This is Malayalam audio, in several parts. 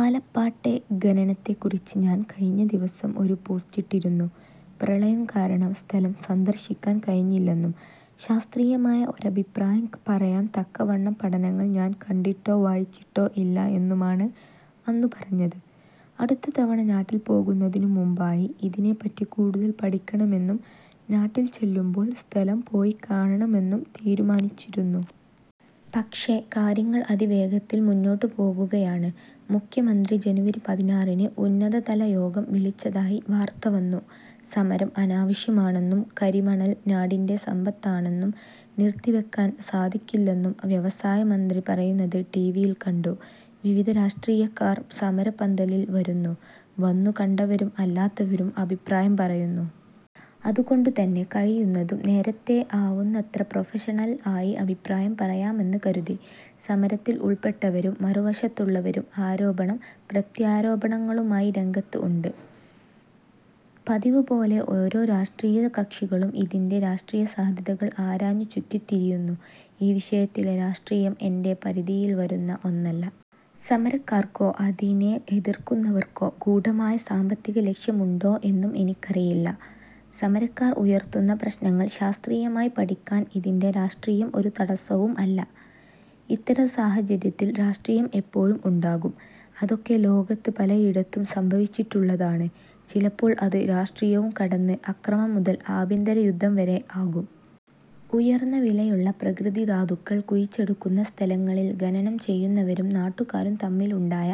ആലപ്പാട്ടെ ഖനനത്തെക്കുറിച്ച് ഞാൻ കഴിഞ്ഞ ദിവസം ഒരു പോസ്റ്റിട്ടിരുന്നു. പ്രളയം കാരണം സ്ഥലം സന്ദർശിക്കാൻ കഴിഞ്ഞില്ലെന്നും ശാസ്ത്രീയമായ ഒരഭിപ്രായം പറയാൻ തക്കവണ്ണം പഠനങ്ങൾ ഞാൻ കണ്ടിട്ടോ വായിച്ചിട്ടോ ഇല്ല എന്നുമാണ് അന്നു പറഞ്ഞത്. അടുത്ത തവണ നാട്ടിൽ പോകുന്നതിനു മുമ്പായി ഇതിനെപ്പറ്റി കൂടുതൽ പഠിക്കണമെന്നും നാട്ടിൽ ചെല്ലുമ്പോൾ സ്ഥലം പോയിക്കാണണമെന്നും തീരുമാനിച്ചിരുന്നു. പക്ഷെ, കാര്യങ്ങൾ അതിവേഗത്തിൽ മുന്നോട്ടു പോകുകയാണ്. മുഖ്യമന്ത്രി ജനുവരി പതിനാറിന് ഉന്നതതലയോഗം വിളിച്ചതായി വാർത്ത വന്നു. സമരം അനാവശ്യമാണെന്നും, കരിമണൽ നാടിന്റെ സമ്പത്താണെന്നും, നിർത്തിവെക്കാൻ സാധിക്കില്ലെന്നും വ്യവസായമന്ത്രി പറയുന്നത് ടി വി യിൽ കണ്ടു. വിവിധ രാഷ്ട്രീയക്കാർ സമരപ്പന്തലിൽ വരുന്നു. വന്നു കണ്ടവരും അല്ലാത്തവരും അഭിപ്രായം പറയുന്നു. അതുകൊണ്ടു തന്നെ കഴിയുന്നതും നേരത്തെ ആവുന്നത്ര പ്രൊഫഷണൽ ആയി അഭിപ്രായം പറയാമെന്ന് കരുതി. സമരത്തിൽ ഉൾപ്പെട്ടവരും മറുവശത്തുള്ളവരും ആരോപണ പ്രത്യാരോപണങ്ങളുമായി രംഗത്ത് ഉണ്ട്. പതിവ് പോലെ ഓരോ രാഷ്ട്രീയ കക്ഷികളും ഇതിന്റെ രാഷ്ട്രീയ സാധ്യതകൾ ആരാഞ്ഞു ചുറ്റിത്തിരിയുന്നു. ഈ വിഷയത്തിലെ രാഷ്ട്രീയം എന്റെ പരിധിയിൽ വരുന്ന ഒന്നല്ല. സമരക്കാർക്കോ അതിനെ എതിർക്കുന്നവർക്കോ ഗൂഢമായ സാമ്പത്തിക ലക്ഷ്യമുണ്ടോ എന്നും എനിക്കറിയില്ല. സമരക്കാർ ഉയർത്തുന്ന പ്രശ്നങ്ങൾ ശാസ്ത്രീയമായി പഠിക്കാൻ ഇതിന്റെ രാഷ്ട്രീയം ഒരു തടസവും അല്ല. ഇത്തരം സാഹചര്യത്തിൽ രാഷ്ട്രീയം എപ്പോഴും ഉണ്ടാകും. അതൊക്കെ ലോകത്ത് പലയിടത്തും സംഭവിച്ചിട്ടുള്ളതാണ്. ചിലപ്പോൾ അത് രാഷ്ട്രീയവും കടന്ന് അക്രമം മുതൽ ആഭ്യന്തര യുദ്ധം വരെ ആകും. ഉയർന്ന വിലയുള്ള പ്രകൃതി ധാതുക്കൾ കുഴിച്ചെടുക്കുന്ന സ്ഥലങ്ങളിൽ ഖനനം ചെയ്യുന്നവരും നാട്ടുകാരും തമ്മിലുണ്ടായ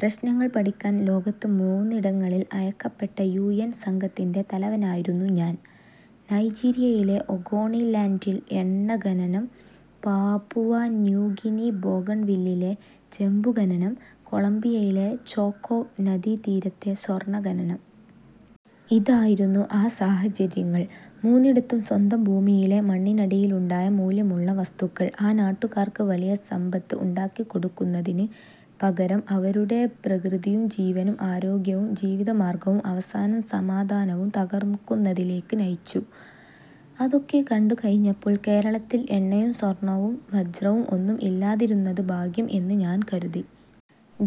പ്രശ്നങ്ങൾ പഠിക്കാൻ ലോകത്ത് മൂന്നിടങ്ങളിൽ അയക്കപ്പെട്ട യു എൻ സംഘത്തിന്റെ തലവനായിരുന്നു ഞാൻ. നൈജീരിയയിലെ ഒഗോണിലാൻഡിൽ എണ്ണ ഖനനം, പാപുവ ന്യൂ ഗിനി ബോഗൺവില്ലിലെ ചെമ്പു ഖനനം, കൊളംബിയയിലെ ചോക്കോ നദീതീരത്തെ സ്വർണ്ണ ഖനനം. ഇതായിരുന്നു ആ സാഹചര്യങ്ങൾ. മൂന്നിടത്തും സ്വന്തം ഭൂമിയിലെ മണ്ണിനടിയിലുണ്ടായ മൂല്യമുള്ള വസ്തുക്കൾ ആ നാട്ടുകാർക്ക് വലിയ സമ്പത്ത് ഉണ്ടാക്കിക്കൊടുക്കുന്നതിന് പകരം അവരുടെ പ്രകൃതിയും ജീവനും ആരോഗ്യവും ജീവിതമാർഗ്ഗവും അവസാനം സമാധാനവും തകർക്കുന്നതിലേക്ക് നയിച്ചു. അതൊക്കെ കണ്ടു കഴിഞ്ഞപ്പോൾ കേരളത്തിൽ എണ്ണയും സ്വർണ്ണവും വജ്രവും ഒന്നും ഇല്ലാതിരുന്നത് ഭാഗ്യം എന്ന് ഞാൻ കരുതി.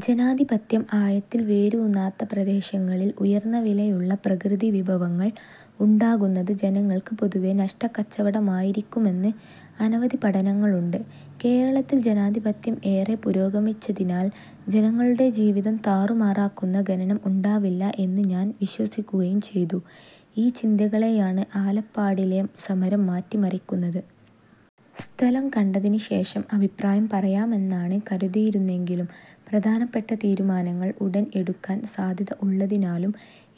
ജനാധിപത്യം ആഴത്തിൽ വേരൂന്നാത്ത പ്രദേശങ്ങളിൽ ഉയർന്ന വിലയുള്ള പ്രകൃതി വിഭവങ്ങൾ ഉണ്ടാകുന്നത് ജനങ്ങൾക്ക് പൊതുവെ നഷ്ടക്കച്ചവടമായിരിക്കുമെന്ന് അനവധി പഠനങ്ങളുണ്ട്. കേരളത്തിൽ ജനാധിപത്യം ഏറെ പുരോഗമിച്ചതിനാൽ ജനങ്ങളുടെ ജീവിതം താറുമാറാക്കുന്ന ഖനനം ഉണ്ടാവില്ല എന്ന് ഞാൻ വിശ്വസിക്കുകയും ചെയ്തു. ഈ ചിന്തകളെയാണ് ആലപ്പാടിലെ സമരം മാറ്റി മറിക്കുന്നത്. സ്ഥലം കണ്ടതിന് ശേഷം അഭിപ്രായം പറയാമെന്നാണ് കരുതിയിരുന്നതെങ്കിലും പ്രധാനപ്പെട്ട തീരുമാനങ്ങൾ ഉടൻ എടുക്കാൻ സാധ്യത ഉള്ളതിനാലും,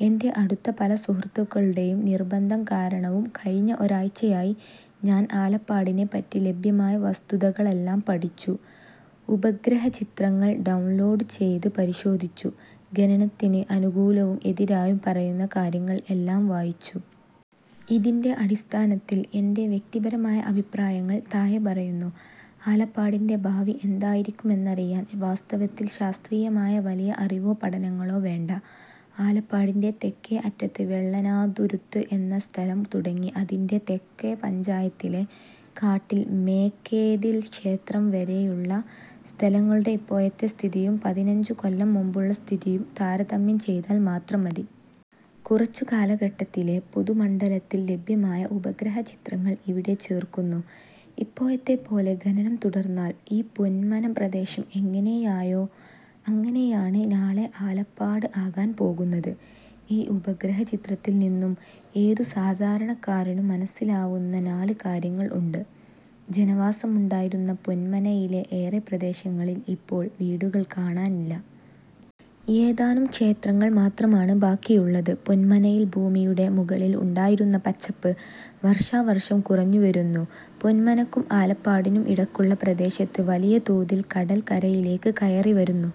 എന്റെ അടുത്ത പല സുഹൃത്തുക്കളുടെയും നിർബന്ധം കാരണവും കഴിഞ്ഞ ഒരാഴ്ചയായി ഞാൻ ആലപ്പാടിനെപ്പറ്റി ലഭ്യമായ വസ്തുതകളെല്ലാം പഠിച്ചു. ഉപഗ്രഹ ചിത്രങ്ങൾ ഡൗൺലോഡ് ചെയ്ത് പരിശോധിച്ചു. ഖനനത്തിന് അനുകൂലവും എതിരായും പറയുന്ന കാര്യങ്ങൾ എല്ലാം വായിച്ചു. ഇതിന്റെ അടിസ്ഥാനത്തിൽ എന്റെ വ്യക്തിപരമായ അഭിപ്രായങ്ങൾ താഴെ പറയുന്നു. ആലപ്പാടിന്റെ ഭാവി എന്തായിരിക്കുമെന്നറിയാൻ വാസ്തവത്തിൽ ശാസ്ത്രീയമായ വലിയ അറിവോ പഠനങ്ങളോ വേണ്ട. ആലപ്പാടിന്റെ തെക്കേ അറ്റത്ത് വെള്ളനാതുരുത്ത് എന്ന സ്ഥലം തുടങ്ങി അതിന്റെ തെക്കേ പഞ്ചായത്തിലെ കാട്ടിൽ മേക്കേതിൽ ക്ഷേത്രം വരെയുള്ള സ്ഥലങ്ങളുടെ ഇപ്പോഴത്തെ സ്ഥിതിയും പതിനഞ്ചു കൊല്ലം മുമ്പുള്ള സ്ഥിതിയും താരതമ്യം ചെയ്താൽ മാത്രം മതി. കുറച്ചു കാലഘട്ടത്തിലെ പൊതുമണ്ഡലത്തിൽ ലഭ്യമായ ഉപഗ്രഹ ചിത്രങ്ങൾ ഇവിടെ ചേർക്കുന്നു. ഇപ്പോഴത്തെ പോലെ ഖനനം തുടർന്നാൽ ഈ പൊന്മന പ്രദേശം എങ്ങനെയായോ അങ്ങനെയാണ് നാളെ ആലപ്പാട് ആകാൻ പോകുന്നത്. ഈ ഉപഗ്രഹ ചിത്രത്തിൽ നിന്നും ഏതു സാധാരണക്കാരനും മനസ്സിലാവുന്ന നാല് കാര്യങ്ങൾ ഉണ്ട്. ജനവാസമുണ്ടായിരുന്ന പൊന്മനയിലെ ഏറെ പ്രദേശങ്ങളിൽ ഇപ്പോൾ വീടുകൾ കാണാനില്ല. ഏതാനും ക്ഷേത്രങ്ങൾ മാത്രമാണ് ബാക്കിയുളളത്. പൊന്മനയിൽ ഭൂമിയുടെ മുകളിൽ ഉണ്ടായിരുന്ന പച്ചപ്പ് വർഷാവർഷം കുറഞ്ഞുവരുന്നു. പൊന്മനക്കും ആലപ്പാടിനും ഇടക്കുള്ള പ്രദേശത്ത് വലിയ തോതിൽ കടൽ കരയിലേക്ക് കയറി വരുന്നു.